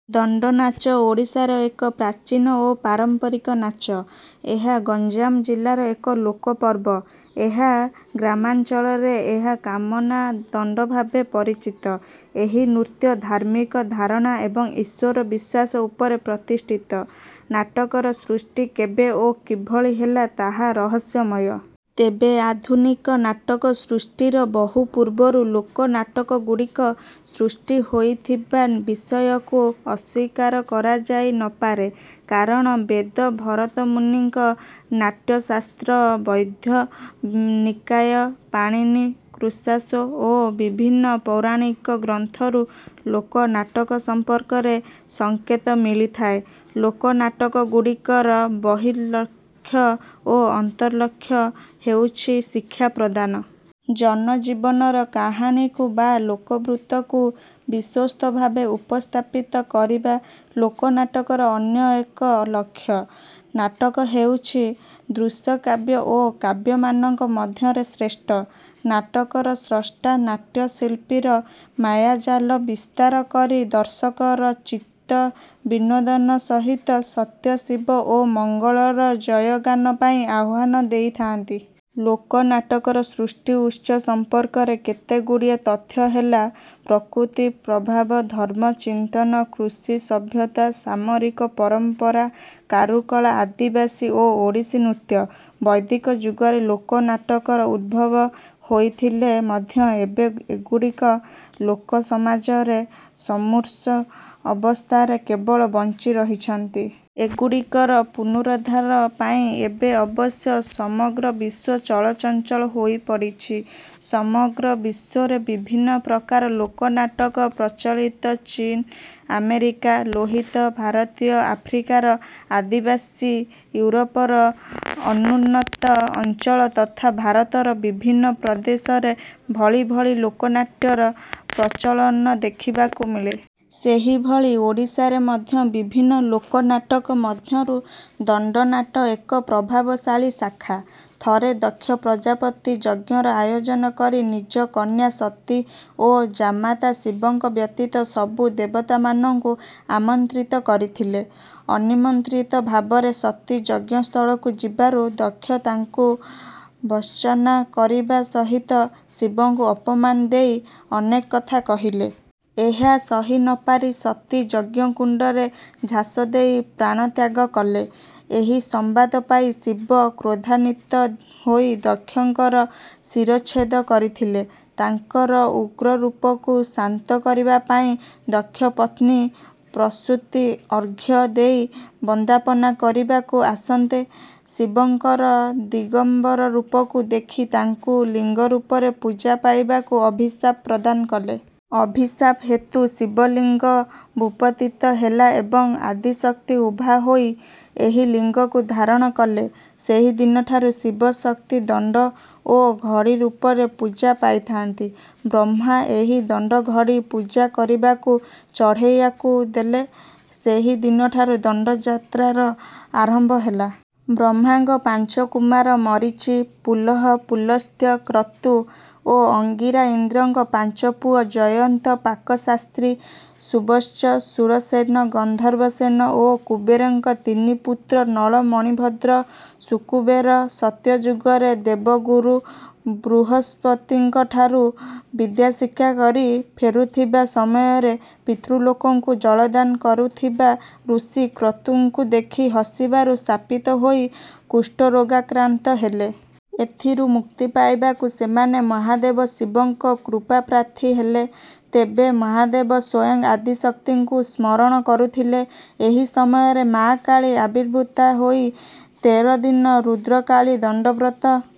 ଦଣ୍ଡନାଚ ଓଡ଼ିଶାର ଏକ ପ୍ରାଚୀନ ଓ ପାରମ୍ପରିକ ନାଚ। ଏହା ଗଞ୍ଜାମ ଜିଲ୍ଲାର ଏକ ଲୋକ ପର୍ବ। ଏହା ଗ୍ରାମାଞ୍ଚଳରେ ଏହା କାମନା ଦଣ୍ଡ ଭାବେ ପରିଚିତ। ଏହି ନୃତ୍ୟ ଧାର୍ମିକ ଧାରଣା ଏବଂ ଈଶ୍ୱର ବିଶ୍ୱାସ ଉପରେ ପ୍ରତିଷ୍ଠିତ। ନାଟକର ସୃଷ୍ଟି କେବେ ଓ କିଭଳି ହେଲା ତାହା ରହସ୍ୟମୟ। ତେବେ ଆଧୁନିକ ନାଟକ ସୃଷ୍ଟିର ବହୁ ପୂର୍ବରୁ ଲୋକନାଟକଗୁଡ଼ିକ ସୃଷ୍ଟି ହୋଇଥିବା ବିଷୟକୁ ଅସ୍ୱୀକାର କରାଯାଇ ନ ପାରେ। କାରଣ ବେଦ ଭରତମୁନିଙ୍କ ନାଟ୍ୟଶାସ୍ତ୍ର ବୌଦ୍ଧ ନିକାୟ ପାଣିନି କୃଶାଶ୍ୱ ଓ ବିଭିନ୍ନ ପୌରାଣିକ ଗ୍ରନ୍ଥରୁ ଲୋକନାଟକ ସମ୍ପର୍କରେ ସଂକେତ ମିଳିଥାଏ। ଲୋକନାଟକଗୁଡ଼ିକର ବହିର୍ଲକ୍ଷ୍ୟ ଓ ଅନ୍ତର୍ଲକ୍ଷ୍ୟ ହେଉଛି ଶିକ୍ଷା ପ୍ରଦାନ। ଜନଜୀବନର କାହାଣୀକୁ ବା ଲୋକବୃତ୍ତକୁ ବିଶ୍ୱସ୍ତ ଭାବେ ଉପସ୍ଥାପିତ କରିବା ଲୋକନାଟକର ଅନ୍ୟ ଏକ ଲକ୍ଷ୍ୟ। ନାଟକ ହେଉଛି ଦୃଶ୍ୟକାବ୍ୟ ଓ କାବ୍ୟମାନଙ୍କ ମଧ୍ୟରେ ଶ୍ରେଷ୍ଠ। ନାଟକର ସ୍ରଷ୍ଟା ନାଟ୍ୟ ଶିଳ୍ପୀର ମାୟାଜାଲ ବିସ୍ତାର କରି ଦର୍ଶକର ଚିତ୍ତ ବିନୋଦନ ସହିତ ସତ୍ୟ ଶିବ ଓ ମଙ୍ଗଳର ଜୟଗାନ ପାଇଁ ଆହ୍ୱାନ ଦେଇଥାନ୍ତି। ଲୋକ ନାଟକର ସୃଷ୍ଟି ଉତ୍ସ ସମ୍ପର୍କରେ କେତେଗୁଡ଼ିଏ ତଥ୍ୟ ହେଲା ପ୍ରକୃତି ପ୍ରଭାବ ଧର୍ମ ଚିନ୍ତନ କୃଷି ସଭ୍ୟତା ସାମରିକ ପରମ୍ପରା କାରୁକଳା ଆଦିବାସୀ ଓ ଓଡ଼ିଶୀ ନୃତ୍ୟ। ବୈଦିକ ଯୁଗରେ ଲୋକ ନାଟକର ଉଦ୍ଭବ ହୋଇଥିଲେ ମଧ୍ୟ ଏବେ ଏଗୁଡ଼ିକ ଲୋକ ସମାଜରେ ମୁମୂର୍ଷୁ ଅବସ୍ଥାରେ କେବଳ ବଞ୍ଚିରହିଛନ୍ତି। ଏଗୁଡ଼ିକର ପୁନରୁଦ୍ଧାର ପାଇଁ ଏବେ ଅବଶ୍ୟ ସମଗ୍ର ବିଶ୍ୱ ଚଳଚଞ୍ଚଳ ହୋଇପଡ଼ିଛି। ସମଗ୍ର ବିଶ୍ୱରେ ବିଭିନ୍ନ ପ୍ରକାର ଲୋକନାଟକ ପ୍ରଚଳିତ। ଚୀନ ଆମେରିକା ଲୋହିତ ଭାରତୀୟ ଆଫ୍ରିକାର ଆଦିବାସୀ ୟୁରୋପର ଅନୁନ୍ନତ ଅଞ୍ଚଳ ତଥା ଭାରତର ବିଭିନ୍ନ ପ୍ରଦେଶରେ ଭଳି ଭଳି ଲୋକନାଟ୍ୟର ପ୍ରଚଳନ ଦେଖିବାକୁ ମିଳେ। ସେହିଭଳି ଓଡ଼ିଶାରେ ମଧ୍ୟ ବିଭିନ୍ନ ଲୋକନାଟକ ମଧ୍ୟରୁ ଦଣ୍ଡନାଟ ଏକ ପ୍ରଭାବଶାଳୀ ଶାଖା। ଥରେ ଦକ୍ଷ ପ୍ରଜାପତି ଯଜ୍ଞର ଆୟୋଜନ କରି ନିଜ କନ୍ୟା ସତୀ ଓ ଜାମାତା ଶିବଙ୍କ ବ୍ୟତୀତ ସବୁ ଦେବତାମାନଙ୍କୁ ଆମନ୍ତ୍ରିତ କରିଥିଲେ। ଅନିମନ୍ତ୍ରିତ ଭାବରେ ସତୀ ଯଜ୍ଞସ୍ଥଳକୁ ଯିବାରୁ ଦକ୍ଷ ତାଙ୍କୁ ଭର୍ତ୍ସନା କରିବା ସହିତ ଶିବଙ୍କୁ ଅପମାନ ଦେଇ ଅନେକ କଥା କହିଲେ। ଏହା ସହି ନ ପାରି ସତୀ ଯଜ୍ଞକୁଣ୍ଡରେ ଝାସ ଦେଇ ପ୍ରାଣତ୍ୟାଗ କଲେ। ଏହି ସମ୍ବାଦ ପାଇ ଶିବ କ୍ରୋଧାନ୍ୱିତ ହୋଇ ଦକ୍ଷଙ୍କର ଶିରଚ୍ଛେଦ କରିଥିଲେ। ତାଙ୍କର ଉଗ୍ରରୂପକୁ ଶାନ୍ତ କରିବା ପାଇଁ ଦକ୍ଷ ପତ୍ନୀ ପ୍ରସୂତି ଅର୍ଘ୍ୟ ଦେଇ ବନ୍ଦାପନା କରିବାକୁ ଆସନ୍ତେ ଶିବଙ୍କର ଦିଗମ୍ବର ରୂପକୁ ଦେଖି ତାଙ୍କୁ ଲିଙ୍ଗରୂପରେ ପୂଜା ପାଇବାକୁ ଅଭିଶାପ ପ୍ରଦାନ କଲେ। ଅଭିଶାପ ହେତୁ ଶିବଲିଙ୍ଗ ଭୂପତିତ ହେଲା ଏବଂ ଆଦିଶକ୍ତି ଉଭା ହୋଇ ଏହି ଲିଙ୍ଗକୁ ଧାରଣ କଲେ। ସେହିଦିନଠାରୁ ଶିବଶକ୍ତି ଦଣ୍ଡ ଓ ଘଡ଼ି ରୂପରେ ପୂଜା ପାଇଥାନ୍ତି। ବ୍ରହ୍ମା ଏହି ଦଣ୍ଡ ଘଡ଼ି ପୂଜା କରିବାକୁ ଚଢ଼େଇଆକୁ ଦେଲେ। ସେହି ଦିନଠାରୁ ଦଣ୍ଡଯାତ୍ରାର ଆରମ୍ଭ ହେଲା। ବ୍ରହ୍ମାଙ୍କ ପାଞ୍ଚ କୁମାର ମରୀଚି ପୁଲହ ପୁଲସ୍ତ୍ୟ କ୍ରତୁ ଓ ଅଙ୍ଗିରା ଇନ୍ଦ୍ରଙ୍କ ପାଞ୍ଚ ପୁଅ ଜୟନ୍ତ ପାକଶାସ୍ତ୍ରୀ ସୁବତ୍ସ ସୁରସେନ ଗନ୍ଧର୍ବସେନ ଓ କୁବେରଙ୍କ ତିନି ପୁତ୍ର ନଳ ମଣିଭଦ୍ର ସୁକୁବେର ସତ୍ୟ ଯୁଗରେ ଦେବଗୁରୁ ବୃହସ୍ପତିଙ୍କଠାରୁ ବିଦ୍ୟାଶିକ୍ଷା କରି ଫେରୁଥିବା ସମୟରେ ପିତୃଲୋକଙ୍କୁ ଜଳଦାନ କରୁଥିବା ଋଷି କ୍ରତୁଙ୍କୁ ଦେଖି ହସିବାରୁ ଶାପିତ ହୋଇ କୁଷ୍ଠରୋଗାକ୍ରାନ୍ତ ହେଲେ। ଏଥିରୁ ମୁକ୍ତି ପାଇବାକୁ ସେମାନେ ମହାଦେବ ଶିବଙ୍କ କୃପାପ୍ରାର୍ଥୀ ହେଲେ। ତେବେ ମହାଦେବ ସ୍ୱୟଂ ଆଦିଶକ୍ତିଙ୍କୁ ସ୍ମରଣ କରୁଥିଲେ। ଏହି ସମୟରେ ମାଆ କାଳୀ ଆବିର୍ଭୂତା ହୋଇ ତେର ଦିନ ରୁଦ୍ରକାଳୀ ଦଣ୍ଡବ୍ରତ।